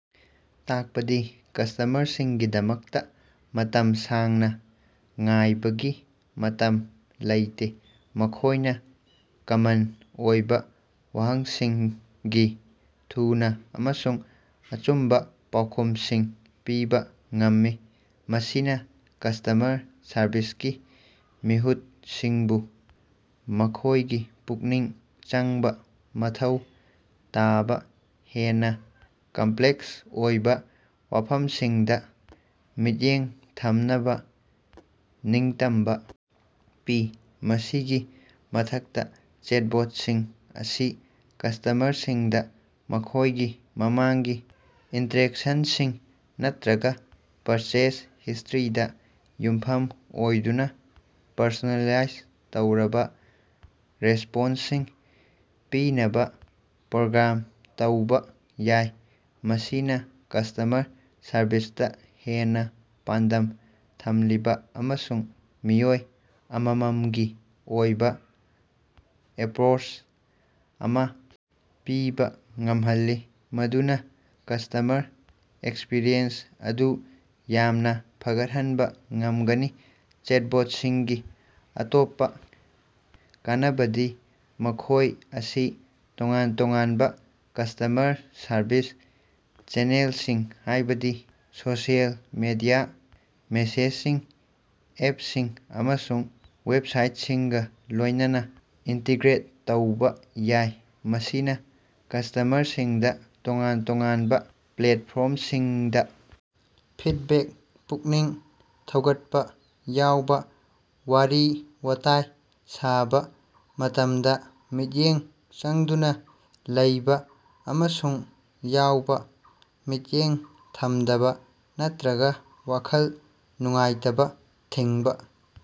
ꯇꯥꯛꯄꯗꯤ ꯀꯁꯇꯃꯔꯁꯤꯡꯒꯤꯗꯃꯛꯇꯥ ꯃꯇꯝ ꯁꯥꯡꯅꯥ ꯉꯥꯏꯕꯒꯤ ꯃꯇꯝ ꯂꯩꯇꯦ꯫ ꯃꯈꯣꯏꯅ ꯀꯃꯟ ꯑꯣꯏꯕꯥ ꯋꯥꯍꯪꯁꯤꯡꯒꯤ ꯊꯨꯅ ꯑꯃꯁꯨꯡ ꯑꯆꯨꯝꯕꯥ ꯄꯥꯎꯈꯨꯝꯁꯤꯡ ꯄꯤꯕꯥ ꯉꯝꯃꯤ, ꯃꯁꯤꯅꯥ ꯀꯁꯇꯃꯔ ꯁꯔꯚꯤꯁꯀꯤ ꯃꯤꯍꯨꯠꯁꯤꯡꯕꯨ ꯃꯈꯣꯏꯒꯤ ꯄꯨꯛꯅꯤꯡ ꯆꯪꯕꯥ ꯃꯊꯧ ꯇꯥꯕꯥ ꯍꯦꯟꯅꯥ ꯀꯝꯄ꯭ꯂꯦꯛꯁ ꯑꯣꯏꯕꯥ ꯋꯥꯐꯝꯁꯤꯡꯗꯥ ꯃꯤꯠꯌꯦꯡ ꯊꯝꯅꯕꯥ ꯅꯤꯡꯇꯝꯕꯥ ꯄꯤ꯫ ꯃꯁꯤꯒꯤ ꯃꯊꯛꯇꯥ, ꯆꯦꯠꯕꯣꯠꯁꯤꯡ ꯑꯁꯤ ꯀꯁꯇꯃꯔꯁꯤꯡꯗꯥ ꯃꯈꯣꯏꯒꯤ ꯃꯃꯥꯡꯒꯤ ꯏꯟꯇꯔꯦꯛꯁꯟꯁꯤꯡ ꯅꯠꯇ꯭ꯔꯒꯥ ꯄꯔꯆꯦꯖ ꯍꯤꯁꯇꯔꯤꯗ ꯌꯨꯝꯐꯝ ꯑꯣꯏꯗꯨꯅꯥ ꯄꯔꯁꯣꯅꯦꯂꯥꯏꯖ ꯇꯧꯔꯕꯥ ꯔꯦꯁꯄꯣꯟꯁꯁꯤꯡ ꯄꯤꯅꯕꯥ ꯄ꯭ꯔꯣꯒ꯭ꯔꯥꯝ ꯇꯧꯕꯥ ꯌꯥꯏ꯫ ꯃꯁꯤꯅꯥ ꯀꯁꯇꯃꯔ ꯁꯔꯚꯤꯁꯇꯥ ꯍꯦꯟꯅꯥ ꯄꯥꯟꯗꯝ ꯊꯝꯂꯤꯕꯥ ꯑꯃꯁꯨꯡ ꯃꯤꯑꯣꯏ ꯑꯃꯝꯃꯝꯒꯤ ꯑꯣꯏꯕ ꯑꯦꯄꯔꯣꯁ ꯑꯃ ꯄꯤꯕꯥ ꯉꯝꯍꯜꯂꯤ, ꯃꯗꯨꯅꯥ ꯀꯁꯇꯃꯔ ꯑꯦꯛꯁꯄꯤꯔꯤꯌꯦꯟꯁ ꯑꯗꯨ ꯌꯥꯝꯅꯥ ꯐꯒꯠꯍꯟꯕ ꯉꯝꯒꯅꯤ꯫ ꯆꯦꯠꯕꯣꯠꯁꯤꯡꯒꯤ ꯑꯇꯣꯞꯄꯥ ꯀꯥꯟꯅꯕꯗꯤ ꯃꯈꯣꯏ ꯑꯁꯤ ꯇꯣꯉꯥꯟ-ꯇꯣꯉꯥꯟꯕ ꯀꯁꯇꯃꯔ ꯁꯔꯚꯤꯁ ꯆꯦꯅꯦꯜꯁꯤꯡ, ꯍꯥꯏꯕꯗꯤ ꯁꯣꯁꯤꯑꯦꯜ ꯃꯤꯗꯤꯌꯥ, ꯃꯦꯁꯦꯖꯤꯡ ꯑꯦꯞꯁꯤꯡ, ꯑꯃꯁꯨꯡ ꯋꯦꯕꯁꯥꯏꯠꯁꯤꯡꯒꯥ ꯂꯣꯏꯅꯅꯥ ꯏꯟꯇꯤꯒ꯭ꯔꯦꯠ ꯇꯧꯕꯥ ꯌꯥꯏ, ꯃꯁꯤꯅꯥ ꯀꯁꯇꯃꯔꯁꯤꯡꯗꯥ ꯇꯣꯉꯥꯟ-ꯇꯣꯉꯥꯟꯕ ꯄ꯭ꯂꯦꯠꯐꯣꯔꯝꯁꯤꯡꯗ ꯐꯤꯠꯕꯦꯛ ꯄꯨꯛꯅꯤꯡ ꯊꯧꯒꯠꯄꯥ꯫ ꯌꯥꯎꯕꯥ: ꯋꯥꯔꯤ-ꯋꯥꯇꯥꯏ ꯁꯥꯕꯥ ꯃꯇꯝꯗ ꯃꯤꯠꯌꯦꯡ ꯆꯪꯗꯨꯅꯥ ꯂꯩꯕꯥ ꯑꯃꯁꯨꯡ ꯌꯥꯎꯕ, ꯃꯤꯠꯌꯦꯡ ꯊꯝꯗꯕꯥ ꯅꯠꯇ꯭ꯔꯒꯥ ꯋꯥꯈꯜ ꯅꯨꯡꯉꯥꯏꯇꯕ ꯊꯤꯡꯕ꯫